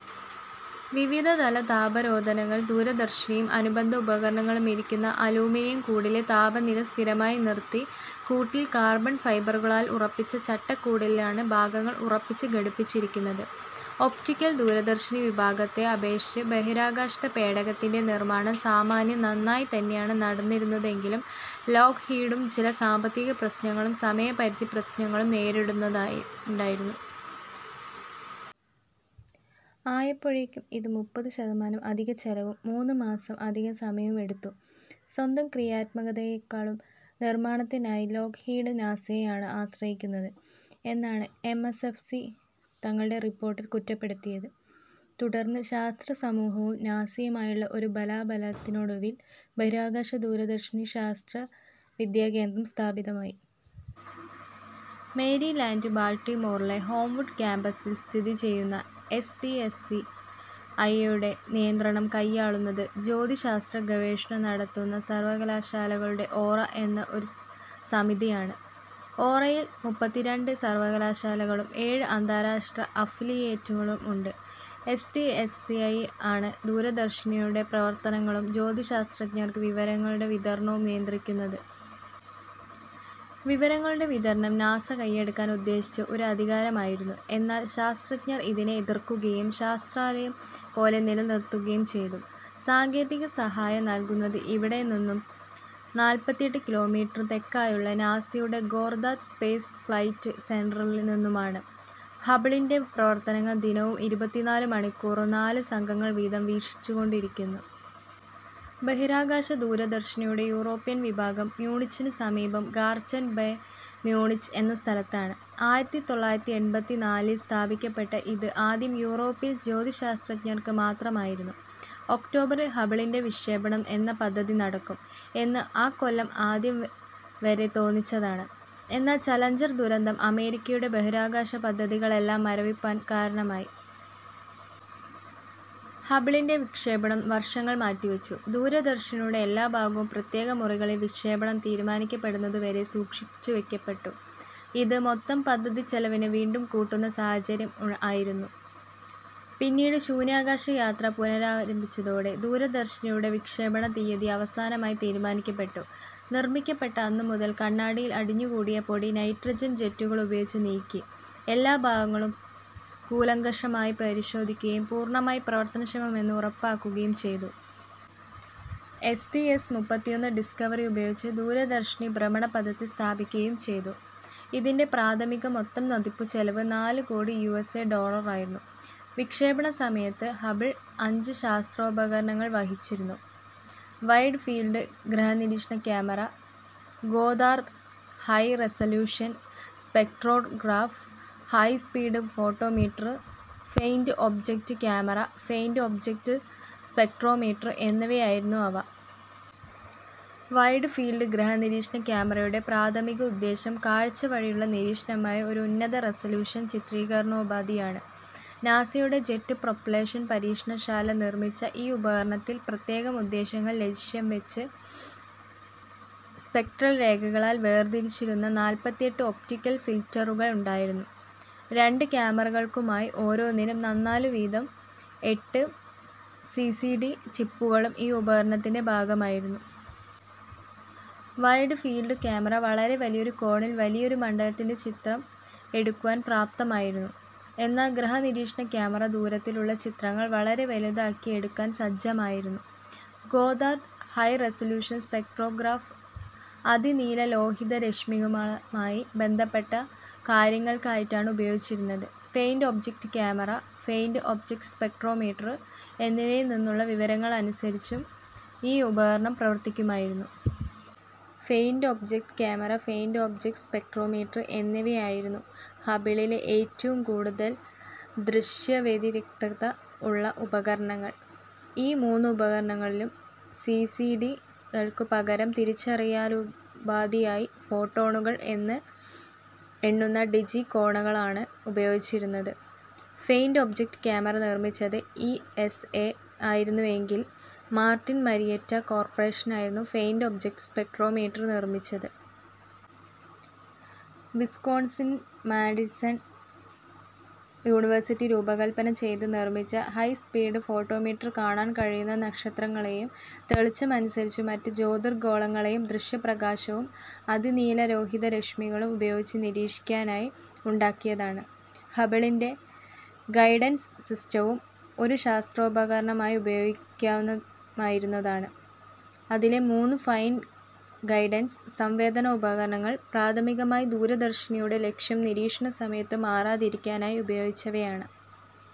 വിവിധതല താപരോധകങ്ങൾ ദൂരദർശിനിയും അനുബന്ധ ഉപകരണങ്ങളുമിരിക്കുന്ന അലൂമിനിയം കൂടിലെ താപനില സ്ഥിരമായി നിർത്തി. കൂട്ടിൽ കാർബൺ ഫൈബറുകളാൽ ഉറപ്പിച്ച ചട്ടക്കൂടിലാണ് ഭാഗങ്ങൾ ഉറപ്പിച്ചു ഘടിപ്പിച്ചിരിക്കുന്നത്. ഒപ്റ്റിക്കൽ ദൂരദർശിനി വിഭാഗത്തെ അപേക്ഷിച്ച് ബഹിരാകാശ പേടകത്തിൻ്റെ നിർമ്മാണം സാമാന്യം നന്നായി തന്നെയാണ് നടന്നിരുന്നതെങ്കിലും ലോക്ഹീഡും ചില സാമ്പത്തിക പ്രശ്നങ്ങളും സമയപരിധി പ്രശ്നങ്ങളും നേരിടുന്നുണ്ടായിരുന്നു. ആയപ്പോഴേക്കും ഇത് മുപ്പത് ശതമാനം അധിക ചെലവും മൂന്നുമാസം അധികം സമയവും എടുത്തു. സ്വന്തം ക്രിയാത്മകതയേക്കാളും നിർമ്മാണത്തിനായി ലോക്ഹീഡ് നാസയെ ആണ് ആശ്രയിക്കുന്നത് എന്നാണ് എം എസ് എഫ് സി തങ്ങളുടെ റിപ്പോർട്ടിൽ കുറ്റപ്പെടുത്തിയത്. തുടർന്ന് ശാസ്ത്രസമൂഹവും നാസയുമായുള്ള ഒരു ബലാബലത്തിനൊടുവിൽ ബഹിരാകാശ ദൂരദർശിനി ശാസ്ത്ര വിദ്യാകേന്ദ്രം സ്ഥാപിതമായി. മേരിലാൻ്റ് ബാൽട്ടിമോറിലെ ഹോംവുഡ് കാമ്പസിൽ സ്ഥിതിചെയ്യുന്ന S T S C I യുടെ നിയന്ത്രണം കൈയാളുന്നത്, ജ്യോതിശാസ്ത്രഗവേഷണം നടത്തുന്ന സർവ്വകലാശാലകളുടെ ഓറ എന്ന ഒരു സമിതിയാണ്. ഓറയിൽ മുപ്പത്തിരണ്ട് സർവ്വകലാശാലകളും ഏഴ് അന്താരാഷ്ട്ര അഫിലിയേറ്റുകളുമുണ്ട്. S T S C I ആണ് ദൂരദർശിനിയുടെ പ്രവർത്തനങ്ങളും ജ്യോതിശാസ്ത്രജ്ഞർക്ക് വിവരങ്ങളുടെ വിതരണവും നിയന്ത്രിക്കുന്നത്. വിവരങ്ങളുടെ വിതരണം നാസ കൈയടക്കാൻ ഉദ്ദേശിച്ച ഒരു അധികാരമായിരുന്നു, എന്നാൽ ശാസ്ത്രജ്ഞർ ഇതിനെ എതിർക്കുകയും ശാസ്ത്രാലയം പോലെ നിലനിർത്തുകയും ചെയ്തു. സാങ്കേതിക സഹായം നൽകുന്നത് ഇവിടെ നിന്നും നാൽപ്പത്തിയെട്ട് കിലോമീറ്റർ തെക്കായുള്ള നാസയുടെ ഗോദ്ദാർദ് സ്പേസ് ഫ്ലൈറ്റ് സെൻ്ററിൽ നിന്നുമാണ്. ഹബിളിൻ്റെ പ്രവർത്തനങ്ങൾ ദിനവും ഇരുപത്തിനാല് മണിക്കൂറും നാലു സംഘങ്ങൾ വീതം വീക്ഷിച്ചുകൊണ്ടിരിക്കുന്നു. ബഹിരാകാശ ദൂരദർശിനിയുടെ യൂറോപ്യൻ വിഭാഗം മ്യൂണിച്ചിനു സമീപം ഗാർചെൻ ബെ മ്യൂണിച്ച് എന്ന സ്ഥലത്താണ്. ആയിരത്തി തൊള്ളായിരത്തി എൺപത്തിനാലിൽ സ്ഥാപിക്കപ്പെട്ട ഇത് ആദ്യം യൂറോപ്യൻ ജ്യോതിശാസ്ത്രജ്ഞർക്ക് മാത്രമായിരുന്നു. ഒക്ടോബറിൽ ഹബിളിൻ്റെ വിക്ഷേപണം എന്ന പദ്ധതി നടക്കും എന്ന് ആക്കൊല്ലം ആദ്യം വരെ തോന്നിച്ചതാണ്. എന്നാൽ ചലഞ്ചർ ദുരന്തം അമേരിക്കയുടെ ബഹിരാകാശ പദ്ധതികളെല്ലാം മരവിപ്പാൻ കാരണമായി. ഹബിളിൻ്റെ വിക്ഷേപണം വർഷങ്ങൾ മാറ്റിവച്ചു. ദൂരദർശിനിയുടെ എല്ലാഭാഗങ്ങളും പ്രത്യേകം മുറികളിൽ വിക്ഷേപണം തീരുമാനിക്കപ്പെടുന്നതുവരെ സൂക്ഷിച്ചുവെക്കപ്പെട്ടു. ഇത് മൊത്തം പദ്ധതിച്ചെലവിനെ വീണ്ടും കൂട്ടുന്ന സാഹചര്യം ആയിരുന്നു. പിന്നീട് ശൂന്യാകാശയാത്ര പുനരാരംഭിച്ചതോടെ ദൂരദർശിനിയുടെ വിക്ഷേപണ തീയതി അവസാനമായി തീരുമാനിക്കപ്പെട്ടു. നിർമ്മിക്കപ്പെട്ട അന്നുമുതൽ കണ്ണാടിയിൽ അടിഞ്ഞുകൂടിയ പൊടി നൈട്രജൻ ജെറ്റുകൾ ഉപയോഗിച്ച് നീക്കി, എല്ലാ ഭാഗങ്ങളും കൂലങ്കഷമായി പരിശോധിക്കുകയും പൂർണ്ണമായും പ്രവർത്തനക്ഷമമെന്ന് ഉറപ്പാക്കുകയും ചെയ്തു. എസ് ടി എസ് മുപ്പത്തിയൊന്ന് ഡിസ്കവറി ഉപയോഗിച്ച് ദൂരദർശിനി ഭ്രമണപഥത്തിൽ സ്ഥാപിക്കുകയും ചെയ്തു. ഇതിൻ്റെ പ്രാഥമിക മൊത്തം മതിപ്പുചെലവ് നാലുകോടി യു എസ് ഡോളറായിരുന്നു. വിക്ഷേപണസമയത്ത് ഹബിൾ അഞ്ച് ശാസ്ത്രോപകരണങ്ങൾ വഹിച്ചിരുന്നു. വൈഡ് ഫീൽഡ് ഗ്രഹനിരീക്ഷണ camera, Goddard high resolution spectrograph, high speed photometer, faint object camera, faint object spectrometer എന്നിവയായിരുന്നു അവ. വൈഡ് ഫീൽഡ് ഗ്രഹനിരീക്ഷണ ക്യാമറയുടെ പ്രാഥമിക ഉദ്ദേശം കാഴ്ചവഴിയുള്ള നിരീക്ഷണമായ ഒരു ഉന്നത റെസലൂഷൻ ചിത്രീകരണോപാധിയാണ്. നാസയുടെ ജെറ്റ് പ്രൊപൽഷൻ പരീക്ഷണശാല നിർമ്മിച്ച ഈ ഉപകരണത്തിൽ പ്രത്യേകം ഉദ്ദേശ്യങ്ങൾ ലക്ഷ്യം വെച്ച് സ്പെക്ട്രൽ രേഖകളാൽ വേർതിരിച്ചിരുന്ന നാൽപ്പത്തിയെട്ട് ഒപ്റ്റിക്കൽ ഫിൽറ്ററുകൾ ഉണ്ടായിരുന്നു. രണ്ട് ക്യാമറകൾക്കുമായി, ഓരോന്നിനും നന്നാലു വീതം എട്ട് സി സി ഡി ചിപ്പുകളും ഈ ഉപകരണത്തിൻ്റെ ഭാഗമായിരുന്നു. വൈഡ് ഫീൽഡ് ക്യാമറ വളരെ വലിയൊരു കോണിൽ വലിയൊരു മണ്ഡലത്തിൻ്റെ ചിത്രം എടുക്കുവാൻ പ്രാപ്തമായിരുന്നു. എന്നാൽ ഗ്രഹനിരീക്ഷണ ക്യാമറ ദൂരത്തിലുള്ള ചിത്രങ്ങൾ വളരെ വലുതാക്കി എടുക്കാൻ സജ്ജമായിരുന്നു. ഗോദ്ദാർദ് ഹൈ റെസലൂഷൻ സ്പെക്ട്രോഗ്രാഫ് അതിനീലലോഹിതരശ്മികളുമായി ബന്ധപ്പെട്ട കാര്യങ്ങൾക്കായിട്ടാണ് ഉപയോഗിച്ചിരുന്നത്. Faint object camera, faint object spectrometer എന്നിവയിൽ നിന്നുള്ള വിവരങ്ങൾക്കനുസരിച്ചും ഈ ഉപകരണം പ്രവർത്തിക്കുമായിരുന്നു. Faint object camera, faint object spectrometer എന്നിവയായിരുന്നു ഹബിളിലെ ഏറ്റവും കൂടുതൽ ദൃശ്യവ്യതിരിക്തത ഉള്ള ഉപകരണങ്ങൾ. ഈ മൂന്നുപകരണങ്ങളിലും സി സി ഡി കൾക്കു പകരം തിരിച്ചറിയലുപാധിയായി ഫോട്ടോണുകൾ എന്ന് എണ്ണുന്ന ഡിജികോണുകളാണ് ഉപയോഗിച്ചിരുന്നത്. ഫെയിൻ്റ് ഒബ്ജക്റ്റ് ക്യാമറ നിർമ്മിച്ചത് ഇ എസ് എ ആയിരുന്നുവെങ്കിൽ, മാർട്ടിൻ മരിയെറ്റ കോർപ്പറേഷനായിരുന്നു ഫെയിൻ്റ് ഒബ്ജക്റ്റ് സ്പെക്ട്രോമീറ്റർ നിർമ്മിച്ചത്. വിസ്കോൺസിൻ മാഡിസൺ യൂണിവേഴ്സിറ്റി രൂപകല്പന ചെയ്ത് നിർമ്മിച്ച ഹൈസ്പീഡ് ഫോട്ടോമീറ്റർ കാണാൻ കഴിയുന്ന നക്ഷത്രങ്ങളേയും തെളിച്ചം അനുസരിച്ച് മറ്റ് ജ്യോതിർഗോളങ്ങളേയും ദൃശ്യപ്രകാശവും അതിനീലലോഹിതരശ്മികളും ഉപയോഗിച്ച് നിരീക്ഷിക്കാനായി ഉണ്ടാക്കിയതാണ്. ഹബിളിൻ്റെ ഗൈഡൻസ് സിസ്റ്റവും ഒരു ശാസ്ത്രോപകരണമായി ഉപയോഗിക്കാമായിരുന്നതാണ്. അതിലെ മൂന്നു ഫൈൻ ഗൈഡൻസ് സംവേദനോപകരണങ്ങൾ പ്രാഥമികമായി ദൂരദർശിനിയുടെ ലക്ഷ്യം നിരീക്ഷണസമയത്ത് മാറാതിരിക്കാനായി ഉപയോഗിച്ചവയാണ്.